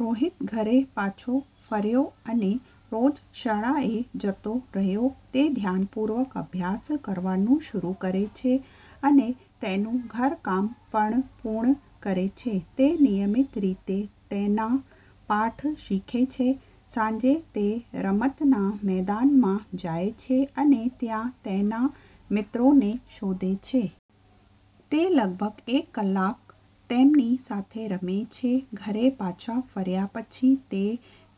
રોહિત ઘરે પાછો ફર્યો અને રોજ શાળાએ જતો રહ્યો. તે ધ્યાનપૂર્વક અભ્યાસ કરવાનું શરૂ કરે છે અને તેનું ઘરકામ પણ પૂર્ણ કરે છે. તે નિયમિત રીતે તેના પાઠ શીખે છે. સાંજે, તે રમતના મેદાનમાં જાય છે અને ત્યાં તેના મિત્રોને શોધે છે. તે લગભગ એક કલાક તેમની સાથે રમે છે. ઘરે પાછા ફર્યા પછી, તે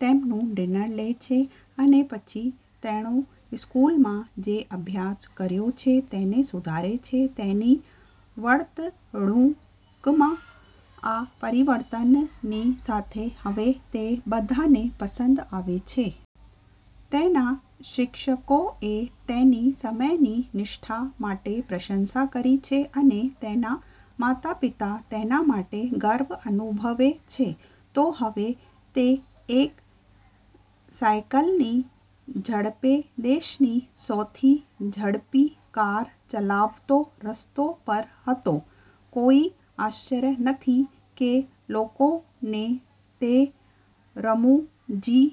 તેમનું ડિનર લે છે અને પછી તેણે સ્કૂલમાં જે અભ્યાસ કર્યો છે તેને સુધારે છે. તેની વર્તણૂકમાં આ પરિવર્તનની સાથે, હવે તે બધાને પસંદ આવે છે. તેના શિક્ષકોએ તેની સમયની નિષ્ઠા માટે પ્રશંસા કરી છે અને તેના માતાપિતા તેના માટે ગર્વ અનુભવે છે. તો હવે, તે એક સાયકલની ઝડપે દેશની સૌથી ઝડપી કાર ચલાવતો, રસ્તા પર હતો! કોઈ આશ્ચર્ય નથી કે લોકોને તે રમુજી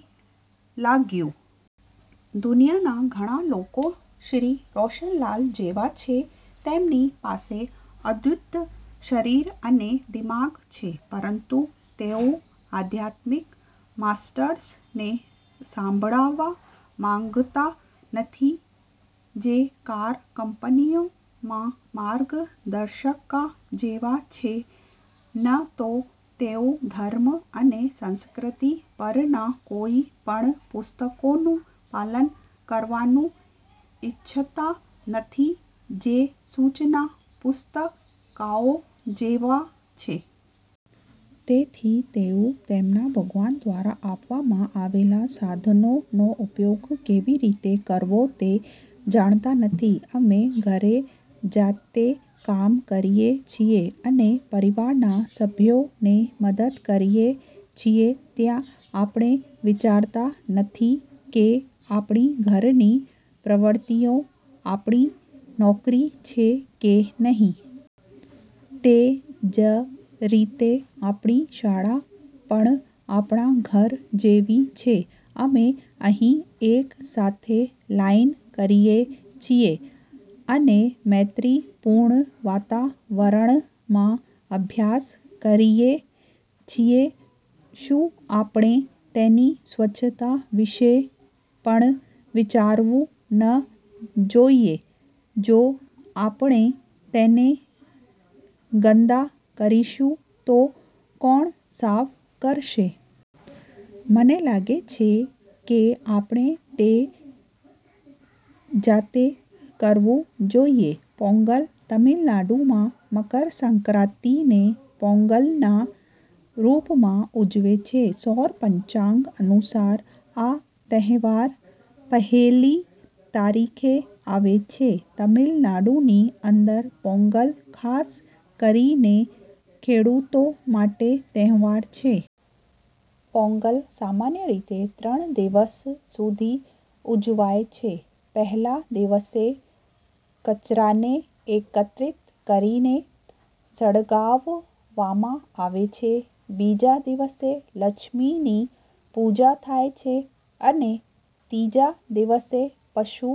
લાગ્યું. દુનિયાના ઘણા લોકો શ્રી રોશનલાલ જેવા છે. તેમની પાસે અદ્ભુત શરીર અને દિમાગ છે પરંતુ તેઓ આધ્યાત્મિક માસ્ટર્સને સાંભળવા માંગતા નથી જે કાર કંપનીમાં માર્ગદર્શિકા જેવા છે. ન તો તેઓ ધર્મ અને સંસ્કૃતિ પરના કોઈપણ પુસ્તકોનું પાલન કરવાનું ઇચ્છતા નથી જે સૂચના પુસ્તિકાઓ જેવા છે. તેથી તેઓ તેમના ભગવાન દ્વારા આપવામાં આવેલા સાધનોનો ઉપયોગ કેવી રીતે કરવો તે જાણતા નથી. અમે ઘરે જાતે કામ કરીએ છીએ અને પરિવારના સભ્યોને મદદ કરીએ છીએ. ત્યાં આપણે વિચારતા નથી કે આપણી ઘરની પ્રવૃત્તિઓ આપણી નોકરી છે કે નહીં. તે જ રીતે, આપણી શાળા પણ આપણા ઘર જેવી છે. અમે અહીં એક સાથે લાઇન કરીએ છીએ અને મૈત્રીપૂર્ણ વાતાવરણમાં અભ્યાસ કરીએ છીએ. શું આપણે તેની સ્વચ્છતા વિશે પણ વિચારવું ન જોઈએ? જો આપણે તેને ગંદા કરીશું, તો કોણ સાફ કરશે? મને લાગે છે કે આપણે તે જાતે કરવું જોઈએ. પોંગલ તમિલનાડુમાં મકરસંક્રાતિને પોંગલના રૂપમાં ઉજવે છે. સૌર પંચાગ અનુસાર આ તહેવાર પહેલી તારીખે આવે છે. તમિલનાડુની અંદર પોંગલ ખાસ કરીને ખેડુતો માટેનો તહેવાર છે. પોંગલ સામાન્ય રીતે ત્રણ દિવસ સુધી ઉજવાય છે. પહેલા દિવસે કચરાને એકત્રિત કરીને સળગાવવામાં આવે છે બીજા દિવસે લક્ષ્મીની પૂજા થાય છે અને ત્રીજા દિવસે પશુ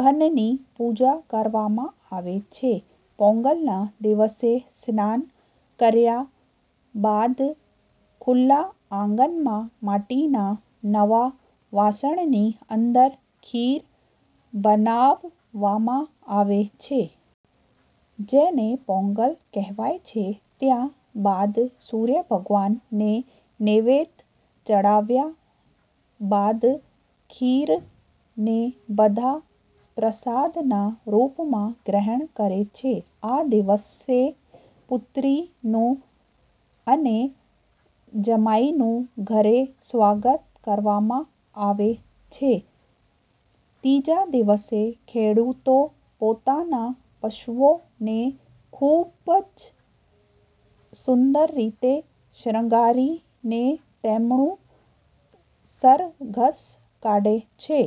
ધનની પૂજા કરવામાં આવે છે. પોંગલના દિવસે સ્નાન કર્યા બાદ ખુલ્લા આંગણમાં માટીના નવા વાસણની અંદર ખીર બનાવવામાં આવે છે. જેને પોંગલ કહેવાય છે. ત્યાર બાદ સૂર્ય ભગવાનને નૈવેધ ચડાવ્યા બાદ ખીરને બધા પ્રસાદનાં રૂપમાં ગ્રહણ કરે છે. આ દિવસે પુત્રીનું અને જમાઈનું ઘરે સ્વાગત કરવામાં આવે છે. ત્રીજા દિવસે ખેડુતો પોતાના પશુઓને ખુબ જ સુંદર રીતે શણગારીને તેમનું સરઘસ કાઢે છે.